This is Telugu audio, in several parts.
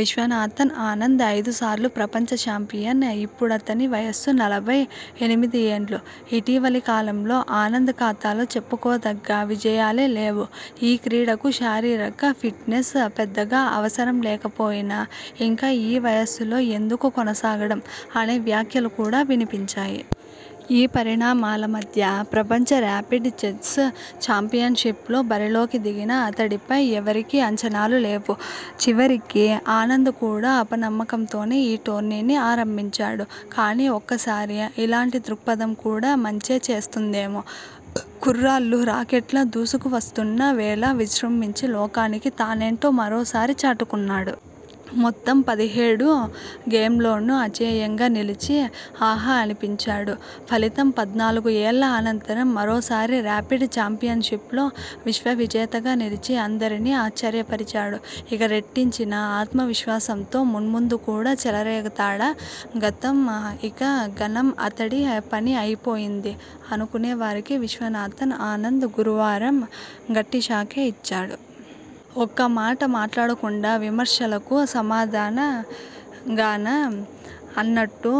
విశ్వనాథన్ ఆనంద్, ఐదుసార్లు ప్రపంచ చాంపియన్ ఇప్పుడతని వయస్సు నలభై ఎనిమిది ఏళ్లు, ఇటీవలి కాలంలో ఆనంద్ ఖాతాలో చెప్పుకో దగ్గ విజయాలే లేవు ఈ క్రీడకు శారీరక ఫిట్నెస్ పెద్దగా అవసరం లేకపోయినా ఇంకా ఈ వయస్సులో ఎందుకు కొనసాగడం. అనే వ్యాఖ్యలు కూడా వినిపించాయి. ఈ పరిణామాల మధ్య ప్రపంచ ర్యాపిడ్ చెస్ చాంపియన్షిప్లో బరిలోకి దిగిన అతడిపై ఎవరికీ అంచనాలు లేవు. చివరికి ఆనంద్ కూడా అప నమ్మకం తోనే ఈ టోర్నీని ఆరంభించాడు. కానీ ఒక్కోసారి ఇలాంటి దృక్పథం కూడా మంచే చేస్తుందేమో కుర్రాళ్లు రాకెట్లా దూసుకు వస్తున్న వేళ విజృంభించి లోకానికి తానేంటో మరోసారి చాటుకున్నాడు. మొత్తం పదిహేడు గేమ్ల్లోనూ అజేయంగా నిలిచి ఆహా అనిపించాడు. ఫలితం పద్నాలుగు ఏళ్ల అనంతరం మరోసారి ర్యాపిడ్ చాంపియన్షిప్లో విశ్వ విజేతగా నిలిచి అందరినీ ఆశ్చర్యపరిచాడు. ఇక రెట్టించిన ఆత్మ విశ్వాసంతో మున్ముందు కూడా చెలరేగుతాడా? గతం ఇక ఘనం అతడి పని అయిపోయింది. అనుకునే వారికి విశ్వనాథన్ ఆనంద్ గురువారం గట్టి షాకే ఇచ్చాడు. ఒక్క మాట మాట్లాడకుండా విమర్శకులకు సమాధా నంగానా అన్నట్టు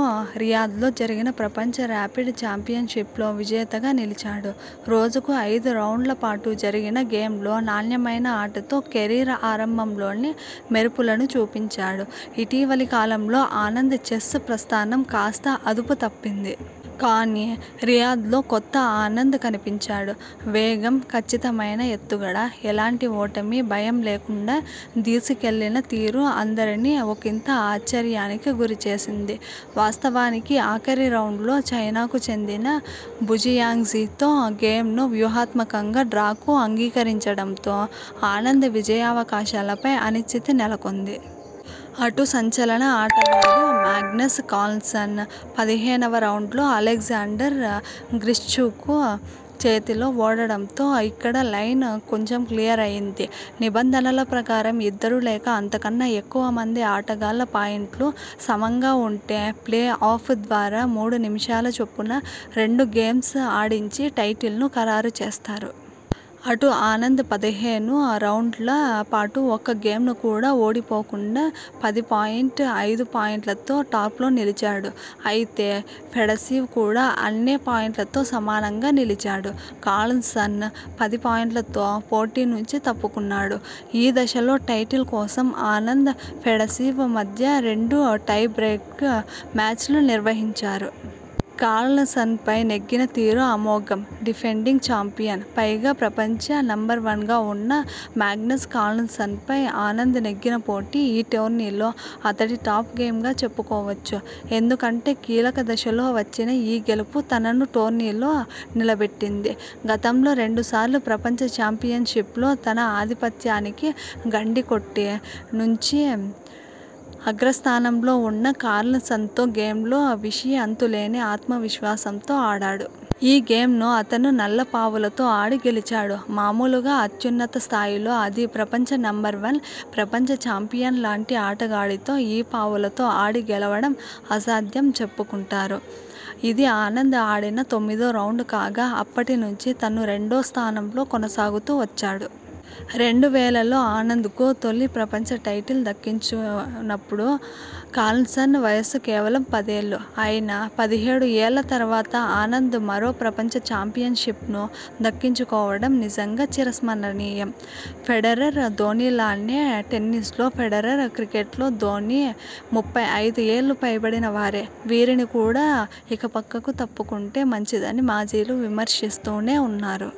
రియాద్లో జరిగిన ప్రపంచ ర్యాపిడ్ చాంపియ న్షిప్లో విజేతగా నిలిచాడు. రోజుకు ఐదు రౌండ్ల పాటు జరిగిన గేమ్ల్లో నాణ్యమైన ఆటతో కెరీర్ ఆరంభంలోని మెరుపులను చూపించా డు. ఇటీవలి కాలంలో ఆనంద్ చెస్ ప్రస్థానం కాస్త అదుపు తప్పింది. కానీ రియాద్లో కొత్త ఆనంద్ కనిపించాడు. వేగం, కచ్చితమైన ఎత్తుగడ, ఎలాంటి ఓటమి భయం లేకుండా దూసుకెళ్లిన తీరు అందరినీ ఒకింత ఆశ్చర్యానికి గురి చేసింది. వాస్తవానికి ఆఖరి రౌండ్లో చైనాకు చెందిన బుజియాంగ్జితో గేమ్ను వ్యూహాత్మకంగా డ్రాకు అంగీకరించడంతో ఆనంద్ విజయావకాశాలపై అనిశ్చితి నెలకొంది. అటు సంచలన ఆటగాడు మాగ్నస్ కార్ల్సన్ పదిహేనువ రౌండ్లో అలెగ్జాండర్ గ్రిష్చుక్ చేతిలో ఓడడంతో ఇక్కడ లైన్ కొంచెం క్లియర్ అయ్యింది. నిబంధనల ప్రకారం ఇద్దరు లేక అంతకన్నా ఎక్కువ మంది ఆటగాళ్ల పాయుంట్లు సమంగా ఉంటే ప్లే ఆఫ్ ద్వారా మూడు నిమిషాల చొప్పున రెండు గేమ్స్ ఆడించి టైటిల్ను ఖరారు చేస్తారు. అటు ఆనంద్ పదిహేను రౌండ్ల పాటు ఒక్క గేమ్ను కూడా ఓడి పోకుండా పది పాయింట్ ఐదు పాయింట్లతో టాప్లో నిలిచాడు. అయితే ఫెడసీవ్ కూడా అన్నే పాయింట్లతో సమానంగా నిలిచాడు. కార్ల్సన్ పది పాయింట్లతో పోటీ నుంచి తప్పుకున్నాడు. ఈ దశలో టైటిల్ కోసం ఆనంద్, ఫెడసీవ్ మధ్య రెండు టైబ్రేక్ మ్యాచ్లు నిర్వహించారు. కార్ల్సన్పై నెగ్గిన తీరు అమోఘం డిఫెండింగ్ చాంపియన్, పైగా ప్రపంచ నంబర్వన్గా ఉన్న మాగ్నస్ కార్ల్సన్పై ఆనంద్ నెగ్గిన పోటీ ఈటోర్నీలో అతడి టాప్ గేమ్గా చెప్పుకో వచ్చు. ఎందుకంటే కీలక దశలో వచ్చిన ఈ గెలుపు తనను టోర్నీలో నిలబెట్టింది. గతంలో రెండు సార్లు ప్రపంచ చాంపియన్షిప్లో తన ఆధిపత్యానికి గండి కొట్టి నుంచి అగ్రస్థానంలో ఉన్న కార్ల్సన్తో గేమ్లో విషీ అంతులేని ఆత్మ విశ్వాసంతో ఆడాడు. ఈ గేమ్ను అతను నల్ల పావులతో ఆడి గెలిచాడు. మామూలుగా అత్యున్నత స్థాయిలో అదీ ప్రపంచ నంబర్వన్, ప్రపంచ చాంపియన్ లాంటి ఆటగాడితో ఈ పావులతో ఆడి గెలవడం అసాధ్యంగా చెప్పుకుంటారు. ఇది ఆనంద్ ఆడిన తొమ్మిదో రౌండ్ కాగా అప్పటి నుంచి తను రెండో స్థానంలో కొనసాగుతూ వచ్చాడు. రెండు వేలలో ఆనంద్కు తొలి ప్రపంచ టైటిల్ దక్కినప్పుడు కార్ల్సన్ వయస్సు కేవలం పదేళ్లు. అయినా పదిహేడు ఏళ్ల తర్వాత ఆనంద్ మరో ప్రపంచ చాంపియన్షిప్ను దక్కించుకోవడం నిజంగా చిరస్మరణీయం. ఫెడరర్, ధోనీలానే టెన్నిస్లో ఫెడరర్, క్రికెట్లో ధోనీ ముప్పై ఐదు ఏళ్లు పైబడిన వారే, వీరిని కూడా ఇక పక్కకు తప్పుకుంటే మంచిదని మాజీలు విమర్శిస్తూనే ఉన్నారు.